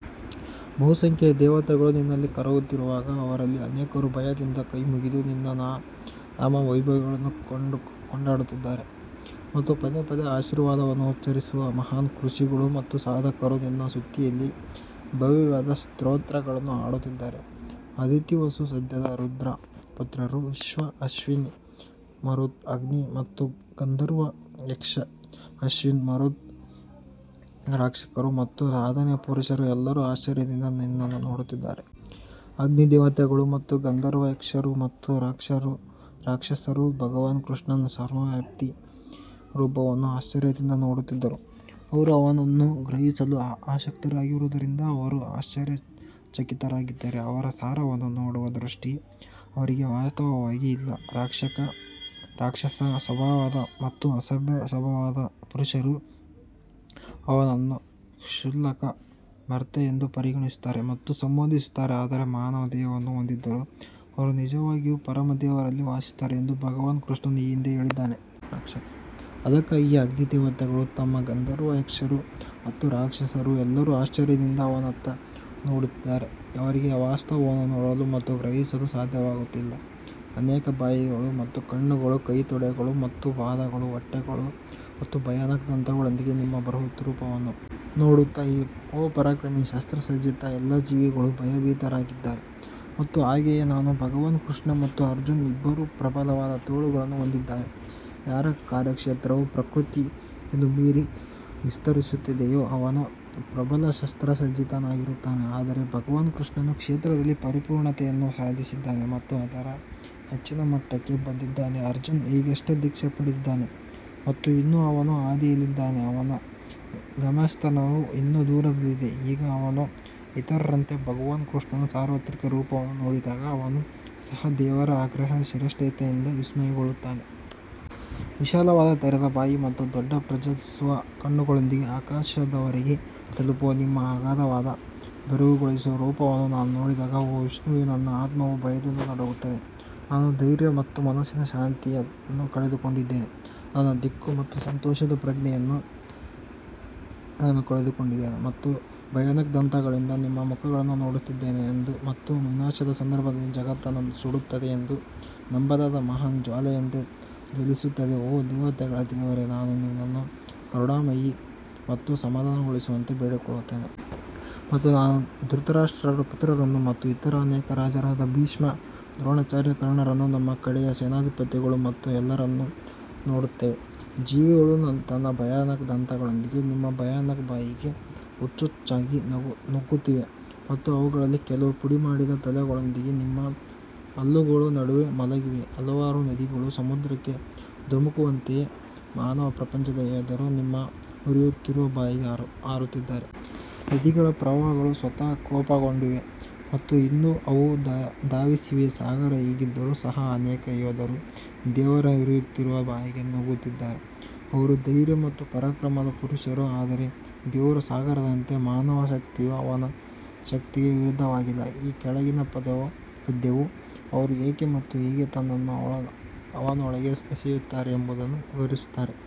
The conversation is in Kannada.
ಬಹುಸಂಖ್ಯೆಯ ದೇವತೆಗಳು ನಿನ್ನಲ್ಲಿ ಕರಗುತ್ತಿರುವಾಗ ಅವರಲ್ಲಿ ಅನೇಕರು ಭಯದಿಂದ ಕೈಮುಗಿದು ನಿನ್ನ ನಾಮ ವೈಭವಗಳನ್ನು ಕೊಂಡಾಡುತ್ತಿದ್ದಾರೆ ಮತ್ತು ಪದೇ ಪದೇ ಆಶೀರ್ವಾದವನ್ನು ಉಚ್ಛರಿಸುವ ಮಹಾನ್ ಋಷಿಗಳು ಮತ್ತು ಸಾಧಕರು ನಿನ್ನ ಸ್ತುತಿಯಲ್ಲಿ ಭವ್ಯವಾದ ಸ್ತೋತ್ರಗಳನ್ನು ಹಾಡುತ್ತಿದ್ದಾರೆ. ಅದಿತಿ ವಸು ಸಧ್ಯದ ರುದ್ರ ಪುತ್ರರು ವಿಶ್ವ ಅಶ್ವಿನ್ ಮರುತ್ ಅಗ್ನಿ ಮತ್ತು ಗಂಧರ್ವ ಯಕ್ಷ ರಾಕ್ಷಸರು ಮತ್ತು ಸಾಧನೆಯ ಪುರುಷರು ಎಲ್ಲರೂ ಆಶ್ಚರ್ಯದಿಂದ ನಿನ್ನನ್ನು ನೋಡುತ್ತಿದ್ದಾರೆ. ಅಗ್ನಿ ದೇವತೆಗಳು ಮತ್ತು ಗಂಧರ್ವ ಯಕ್ಷರು ಮತ್ತು ರಾಕ್ಷಸರು ಭಗವಾನ್ ಕೃಷ್ಣನ ಸರ್ವವ್ಯಾಪಿ ರೂಪವನ್ನು ಆಶ್ಚರ್ಯದಿಂದ ನೋಡುತ್ತಿದ್ದನು ಅವರು ಅವನನ್ನು ಗ್ರಹಿಸಲು ಅಶಕ್ತರಾಗಿರುವುದರಿಂದ ಅವರು ಆಶ್ಚರ್ಯಚಕಿತರಾಗಿದ್ದಾರೆ ಅವರ ಸಾರವನ್ನು ನೋಡುವ ದೃಷ್ಟಿ ಅವರಿಗೆ ವಾಸ್ತವವಾಗಿ ಇಲ್ಲ ರಾಕ್ಷಸ ಸ್ವಭಾವದ ಮತ್ತು ಅಸಭ್ಯ ಸ್ವಭಾವದ ಪುರುಷರು ಅವನನ್ನು ಕ್ಷುಲ್ಲಕ ಮರ್ತ್ಯ ಎಂದು ಪರಿಗಣಿಸುತ್ತಾರೆ ಮತ್ತು ಸಂಬೋಧಿಸುತ್ತಾರೆ ಆದರೆ ಮಾನವ ದೇಹವನ್ನು ಹೊಂದಿದ್ದರೂ ಅವರು ನಿಜವಾಗಿಯೂ ಪರಮ ದೇವರಲ್ಲಿ ವಾಸಿಸುತ್ತಾರೆ ಎಂದು ಭಗವಾನ್ ಕೃಷ್ಣನು ಈ ಹಿಂದೆ ಹೇಳಿದ್ದಾನೆ. ಅದಕ್ಕಾಗಿಯೇ ಅಗ್ನಿ ದೇವತೆಗಳು ಮತ್ತು ಗಂಧರ್ವ ಯಕ್ಷರು ಮತ್ತು ರಾಕ್ಷಸರು ಎಲ್ಲರೂ ಆಶ್ಚರ್ಯದಿಂದ ಅವನತ್ತ ನೋಡುತ್ತಿದ್ದಾರೆ. ಅವರಿಗೆ ವಾಸ್ತವವನ್ನು ನೋಡಲು ಮತ್ತು ಗ್ರಹಿಸಲು ಸಾಧ್ಯವಾಗುತ್ತಿಲ್ಲ ಅನೇಕ ಬಾಯಿಗಳು ಮತ್ತು ಕಣ್ಣುಗಳು ಕೈ ತೊಡೆಗಳು ಮತ್ತು ಪಾದಗಳು ಹೊಟ್ಟೆಗಳು ಮತ್ತು ಭಯಾನಕ ದಂತಗಳೊಂದಿಗೆ ನಿಮ್ಮ ಬೃಹತ್ ರೂಪವನ್ನು ನೋಡುತ್ತಾ ಓ ಪರಾಕ್ರಮಿ ಶಸ್ತ್ರಸಜ್ಜಿತ ಎಲ್ಲಾ ಜೀವಿಗಳು ಭಯಭೀತರಾಗಿದ್ದಾರೆ ಮತ್ತು ಹಾಗೆಯೇ ನಾನು ಭಗವಾನ್ ಕೃಷ್ಣ ಮತ್ತು ಅರ್ಜುನ್ ಇಬ್ಬರೂ ಪ್ರಬಲವಾದ ತೋಳುಗಳನ್ನು ಹೊಂದಿದ್ದಾರೆ ಯಾರ ಕಾರ್ಯಕ್ಷೇತ್ರವು ಪ್ರಕೃತಿಯನ್ನು ಮೀರಿ ವಿಸ್ತರಿಸುತ್ತದೆಯೋ ಅವನು ಪ್ರಬಲ ಶಸ್ತ್ರಸಜ್ಜಿತನಾಗಿರುತ್ತಾನೆ ಆದರೆ ಭಗವಾನ್ ಕೃಷ್ಣನು ಕ್ಷೇತ್ರದಲ್ಲಿ ಪರಿಪೂರ್ಣತೆಯನ್ನು ಸಾಧಿಸಿದ್ದಾನೆ ಮತ್ತು ಅದರ ಹೆಚ್ಚಿನ ಮಟ್ಟಕ್ಕೆ ಬಂದಿದ್ದಾನೆ ಅರ್ಜುನ್ ಈಗಷ್ಟೇ ದೀಕ್ಷೆ ಪಡೆದಿದ್ದಾನೆ ಮತ್ತು ಇನ್ನೂ ಅವನ ಹಾದಿಯಲ್ಲಿದ್ದಾನೆ ಅವನ ಗಮ್ಯಸ್ಥಾನವು ಇನ್ನೂ ದೂರದಲ್ಲಿದೆ ಈಗ ಅವನು ಇತರರಂತೆ ಭಗವಾನ್ ಕೃಷ್ಣನ ಸಾರ್ವತ್ರಿಕ ರೂಪವನ್ನು ನೋಡಿದಾಗ ಅವನು ಸಹ ದೇವರ ಅಗ್ರಾಹ್ಯ ಶ್ರೇಷ್ಠತೆಯಿಂದ ವಿಸ್ಮಯಗೊಳ್ಳುತ್ತಾನೆ. ವಿಶಾಲವಾದ ತೆರೆದ ಬಾಯಿ ಮತ್ತು ದೊಡ್ಡ ಪ್ರಜ್ವಲಿಸುವ ಕಣ್ಣುಗಳೊಂದಿಗೆ ಆಕಾಶದವರೆಗೆ ತಲುಪುವ ನಿಮ್ಮ ಅಗಾಧವಾದ ಬೆರಗುಗೊಳಿಸುವ ರೂಪವನ್ನು ನಾನು ನೋಡಿದಾಗ, ಓ ವಿಷ್ಣುವೇ ನನ್ನ ಆತ್ಮವು ಭಯದಿಂದ ನಡುಗುತ್ತದೆ, ನಾನು ಧೈರ್ಯ ಮತ್ತು ಮನಸ್ಸಿನ ಶಾಂತಿಯನ್ನು ಕಳೆದುಕೊಂಡಿದ್ದೇನೆ. ನನ್ನ ದಿಕ್ಕು ಮತ್ತು ಸಂತೋಷದ ಪ್ರಜ್ಞೆಯನ್ನು ನಾನು ಕಳೆದುಕೊಂಡಿದ್ದೇನೆ ಮತ್ತು ಭಯಾನಕ ದಂತಗಳಿಂದ ನಿಮ್ಮ ಮುಖಗಳನ್ನು ನೋಡುತ್ತಿದ್ದೇನೆ ಮತ್ತು ವಿನಾಶದ ಸಂದರ್ಭದಲ್ಲಿ ಜಗತ್ತನ್ನು ಸುಡುತ್ತದೆ ಎಂದು ನಂಬಲಾದ ಮಹಾನ್ ಜ್ವಾಲೆಯಂತೆ ಜ್ವಲಿಸುತ್ತಿದೆ, ಓ ದೇವತೆಗಳ ದೇವರೇ, ನಾನು ನಿನ್ನನ್ನು ಕರುಣಾಮಯಿ ಮತ್ತು ಸಮಾಧಾನಗೊಳಿಸುವಂತೆ ಬೇಡಿಕೊಳ್ಳುತ್ತೇನೆ. ಮತ್ತು ನಾನು ಧೃತರಾಷ್ಟ್ರರ ಪುತ್ರರನ್ನು ಮತ್ತು ಇತರ ಅನೇಕ ರಾಜರಾದ ಭೀಷ್ಮ ದ್ರೋಣಾಚಾರ್ಯ ಕರ್ಣರನ್ನು ನಮ್ಮ ಕಡೆಯ ಸೇನಾಧಿಪತಿಗಳು ಮತ್ತು ಎಲ್ಲರನ್ನೂ ನೋಡುತ್ತೇನೆ. ಜೀವಿಗಳು ತನ್ನ ಭಯಾನಕ ದಂತಗಳೊಂದಿಗೆ ನಿಮ್ಮ ಭಯಾನಕ ಬಾಯಿಗೆ ಹುಚ್ಚುಚ್ಚಾಗಿ ನುಗ್ಗುತ್ತಿವೆ ಮತ್ತು ಅವುಗಳಲ್ಲಿ ಕೆಲವು ಪುಡಿಮಾಡಿದ ತಲೆಗಳೊಂದಿಗೆ ನಿಮ್ಮ ಹಲ್ಲುಗಳ ನಡುವೆ ಮಲಗಿವೆ ಹಲವಾರು ನದಿಗಳು ಸಮುದ್ರಕ್ಕೆ ಧುಮುಕುವಂತೆಯೇ ಮಾನವ ಪ್ರಪಂಚದ ಯೋಧರು ನಿಮ್ಮ ಉರಿಯುತ್ತಿರುವ ಬಾಯಿಗೆ ಹಾರುತ್ತಿದ್ದಾರೆ. ನದಿಗಳ ಪ್ರವಾಹಗಳು ಸ್ವತಃ ಕೋಪಗೊಂಡಿವೆ ಮತ್ತು ಇನ್ನೂ ಅವು ಧಾವಿಸಿವೆ ಸಾಗರ ಹೀಗಿದ್ದರೂ ಸಹ ಅನೇಕ ಯೋಧರು ದೇವರ ಉರಿಯುತ್ತಿರುವ ಬಾಯಿಗೆ ನುಗ್ಗುತ್ತಿದ್ದಾರೆ ಅವರು ಧೈರ್ಯ ಮತ್ತು ಪರಾಕ್ರಮದ ಪುರುಷರು ಆದರೆ ದೇವರು ಸಾಗರದಂತೆ ಮಾನವ ಶಕ್ತಿಯು ಅವನ ಶಕ್ತಿಗೆ ವಿರುದ್ಧವಾಗಿಲ್ಲ ಈ ಕೆಳಗಿನ ಪದ್ಯವು ಅವರು ಏಕೆ ಮತ್ತು ಹೇಗೆ ತನ್ನನ್ನು ಅವನೊಳಗೆ ಎಸೆಯುತ್ತಾರೆ ಎಂಬುದನ್ನು ವಿವರಿಸುತ್ತದೆ.